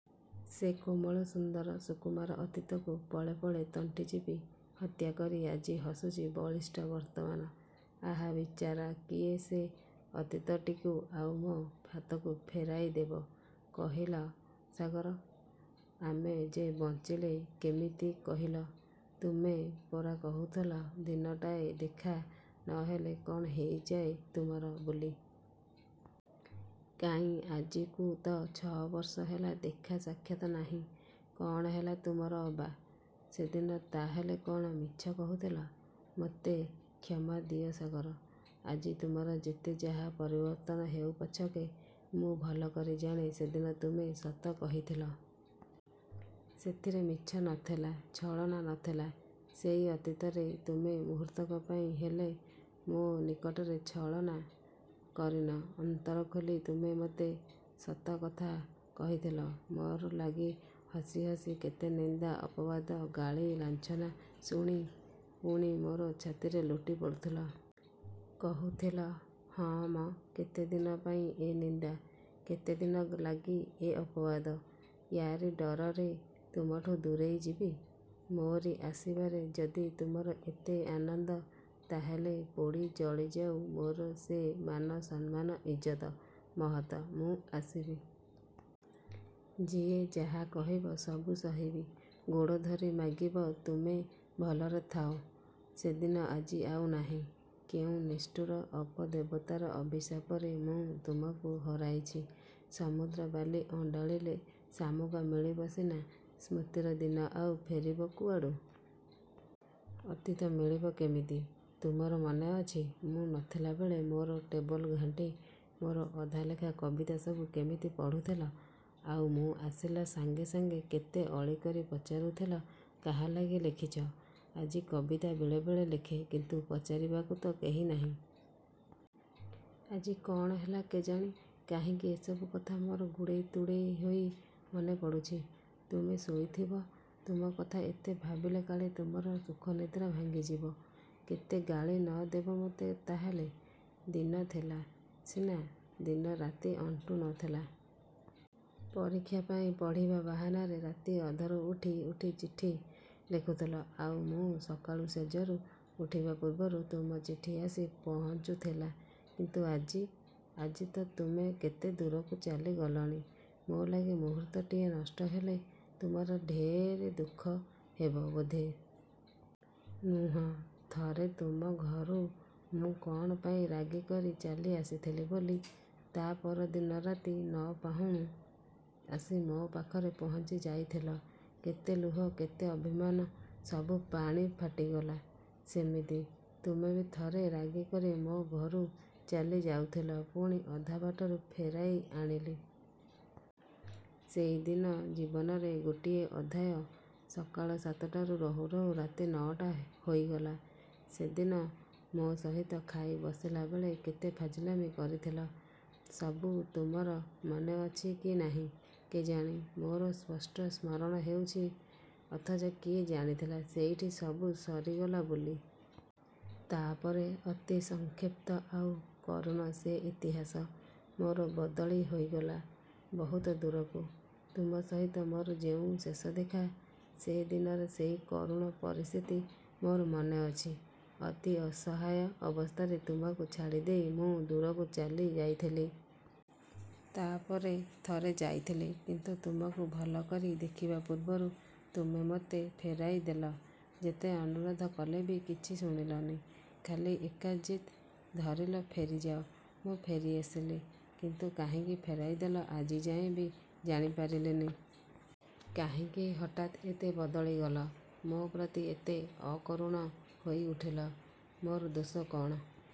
ସେ କୋମଳ ସୁନ୍ଦର, ସୁକୁମାର ଅତୀତକୁ ପଳେ ପଳେ ତଣ୍ଟି ଚିପି ହତ୍ୟା କରି ଆଜି ହସୁଛି ବଳିଷ୍ଠ ବର୍ତ୍ତମାନ। ଆହା ବିଚାରା–କିଏ ସେ ଅତୀତଟିକୁ ଆଉ ମୋ ହାତକୁ ଫେରାଇ ଦେବ। କହିଲ ସାଗର! ଆମେ ଯେ ବଞ୍ଚିଲେ କିମିତି କହିଲ? ତୁମେ ପରା କହୁଥିଲ ଦିନଟାଏ ଦେଖା ନହେଲେ, କ'ଣ ହୋଇଯାଏ ତୁମର ବୋଲି। କାଇଁ ଆଜିକୁ ତ ଛଅ ବର୍ଷ ହେଲା ଦେଖା ସାକ୍ଷାତ ନାହିଁ। କ'ଣ ହେଲା ତୁମର ଅବା! ସେଦିନ ତା'ହେଲେ କ'ଣ ମିଛ କହୁଥିଲ? ମୋତେ କ୍ଷମା ଦିଅ ସାଗର। ଆଜି ତୁମର ଯେତେ ଯାହା ପରିବର୍ତ୍ତନ ହେଉ ପଛକେ; ମୁଁ ଭଲ କରି ଜାଣେ ସେଦିନ ତୁମେ ସତ କହିଥିଲ। ସେଥିରେ ମିଛ ନଥିଲା–ଛଳନା ନଥିଲା। ସେଇ ଅତୀତରେ ତୁମେ ମୁହୂର୍ତ୍ତକ ପାଇଁ ହେଲେ ମୋ ନିକଟରେ ଛଳନା କରିନ–ଅନ୍ତର ଖୋଲି ତୁମେ ମୋତେ ସତ କଥା କହିଥିଲ। ମୋର ଲାଗି ହସି ହସି କେତେ ନିନ୍ଦା, ଅପବାଦ, ଗାଳି ଲାଞ୍ଛନା ଶୁଣି; ପୁଣି ମୋର ଛାତିରେ ଲୋଟି ପଡ଼ୁଥିଲ। କହୁଥିଲ–''ହଁ ମ–କେତେ ଦିନ ପାଇଁ ଏ ନିନ୍ଦା; କେତେ ଦିନ ଲାଗି ଏ ଅପବାଦ। ୟାରି ଡରରେ ତୁମଠୁଁ ଦୂରେଇ ଯିବି। ମୋରି ଆସିବାରେ ଯଦି ତୁମର ଏତେ ଆନନ୍ଦ ତା'ହେଲେ ପୋଡ଼ି ଜଳି ଯାଉ ମୋର ସେ ମାନ, ସମ୍ମାନ ଇଜ୍ଜତ ମହତ–ମୁଁ ଆସିବି। ଯିଏ ଯାହା କହିବ ସବୁ ସହିବି। ଗୋଡ଼ ଧରି ମାଗିବ ତୁମେ ଭଲରେ ଥାଅ। '' ସେଦିନ ଆଜି ଆଉ ନାହିଁ। କେଉଁ ନିଷ୍ଠୁର ଅପଦେବତାର ଅଭିଶାପରେ ମୁଁ ତୁମକୁ ହରାଇଛି। ସମୁଦ୍ର ବାଲି ଅଣ୍ଡାଳିଲେ ଶାମୁକା ମିଳିବ ସିନା–ସ୍ମୃତିର ଦିନ ଆଉ ଫେରିବ କୁଆଡ଼ୁ? ଅତୀତ ମିଳିବ କିମିତି? ତୁମର ମନେଅଛି–ମୁଁ ନଥିଲା ବେଳେ ମୋର ଟେବଲ୍ ଘାଣ୍ଟି ମୋର ଅଧାଲେଖା କବିତା ସବୁ କେମିତି ପଢ଼ୁଥିଲ–ଆଉ ମୁଁ ଆସିଲା ସାଙ୍ଗେ ସାଙ୍ଗେ କେତେ ଅଳି କରି ପଚାରୁ ଥିଲ ''କାହାଲାଗି ଲେଖିଛ''–ଆଜି କବିତା ବେଳେ ବେଳେ ଲେଖେ। କିନ୍ତୁ ପଚାରିବାକୁ ତ କେହି ନାହିଁ। ଆଜି କ'ଣ ହେଲା କେଜାଣି; କାହିଁକି ଏସବୁ କଥା ମୋର ଗୁଡ଼େଇ ତୁଡ଼େଇ ହୋଇ ମନେ ପଡ଼ୁଛି। ତୁମେ ଶୋଇଥିବ। ତୁମ କଥା ଏତେ ଭାବିଲେ କାଳେ ତୁମର ସୁଖନିଦ୍ରା ଭାଙ୍ଗିଯିବ–କେତେ ଗାଳି ନ ଦେବ ମୋତେ ତା'ହେଲେ? ଦିନ ଥିଲା ସିନା–ଦିନ ରାତି ଅଣ୍ଟୁ ନଥିଲା। ପରୀକ୍ଷା ପାଇଁ ପଢ଼ିବା ବାହାନାରେ ରାତି ଅଧରୁ ଉଠି ଉଠି ଚିଠି। ଲେଖୁଥିଲ–ଆଉ ମୁଁ ସକାଳୁ ଶେଯରୁ ଉଠିବା ପୂର୍ବରୁ ତୁମ ଚିଠି ଆସି ପହଞ୍ଚୁଥିଲା! କିନ୍ତୁ ଆଜି। ଆଜି ତ ତୁମେ କେତେ ଦୂରକୁ ଚାଲି ଗଲଣି–ମୋ ଲାଗି ମୁହୂର୍ତ୍ତଟିଏ ନଷ୍ଟ ହେଲେ ତୁମର ଢେର ଦୁଃଖ ହେବ ବୋଧେ! ନୁହଁ? ଥରେ ତୁମ ଘରୁ ମୁଁ କ'ଣ ପାଇଁ ରାଗି କରି ଚାଲି ଆସିଥିଲି ବୋଲି ତା' ପର ଦିନରାତି ନ ପାହୁଣୁ ଆସି ମୋ ପାଖରେ ପହଞ୍ଚି ଯାଇଥିଲ। କେତେ ଲୁହ, କେତେ ଅଭିମାନ ସବୁ ପାଣି ଫାଟିଗଲା। ସେମିତି ତୁମେ ବି ଥରେ ରାଗି କରି ମୋ ଘରୁ ଚାଲି ଯାଉଥିଲ–ପୁଣି ଅଧା ବାଟରୁ ଫେରାଇ ଆଣିଲି। ସେଇ ଦିନ ଜୀବନରେ ଗୋଟିଏ ଅଧ୍ୟାୟ। ସକାଳ ସାତଟାରୁ ରହୁ ରହୁ ରାତି ନଅଟା ହୋଇଗଲା। ସେଦିନ ମୋ ସହିତ ଖାଇ ବସିଲା ବେଳେ କେତେ ଫାଜିଲାମି କରିଥିଲ; ସବୁ ତୁମର ମନେଅଛି କି ନାହିଁ କେଜାଣି; ମୋର ସ୍ପଷ୍ଟ ସ୍ମରଣ ହେଉଛି। ଅଥଚ କିଏ ଜାଣିଥିଲା ସେଇଠି ସବୁ ସରିଗଲା ବୋଲି! ତା'ପରେ... ଅତି ସଂକ୍ଷିପ୍ତ ଆଉ କରୁଣ ସେ ଇତିହାସ। ମୋର ବଦଳି ହୋଇଗଲା ବହୁତ ଦୂରକୁ। ତୁମ ସହିତ ମୋର ଯେଉଁ ଶେଷ ଦେଖା–ସେ ଦିନର ସେଇ କରୁଣ ପରିସ୍ଥିତି ମୋର ମନେଅଛି। ଅତି ଅସହାୟ ଅବସ୍ଥାରେ ତୁମକୁ ଛାଡ଼ିଦେଇ ମୁଁ ଦୂରକୁ ଚାଲି ଯାଇଥିଲି। ତା'ପରେ ଥରେ ଯାଇଥିଲି। କିନ୍ତୁ ତୁମକୁ ଭଲ କରି ଦେଖିବା ପୂର୍ବରୁ ତୁମେ ମୋତେ ଫେରାଇ ଦେଲ। ଯେତେ ଅନୁରୋଧ କଲେ ବି କିଛି ଶୁଣିଲନି। ଖାଲି ଏକା ଜିଦ୍ ଧରିଲ ଫେରିଯାଅ। ମୁଁ ଫେରି ଆସିଲି। କିନ୍ତୁ କାହିଁକି ଫେରାଇ ଦେଲ ଆଜିଯାଏଁ ବି ଜାଣି ପାରିଲିନି। କାହିଁକି ହଠାତ୍ ଏତେ ବଦଳି ଗଲ; ମୋ'ପ୍ରତି ଏତେ ଅକରୁଣ ହୋଇ ଉଠିଲ? ମୋର ଦୋଷ କ'ଣ?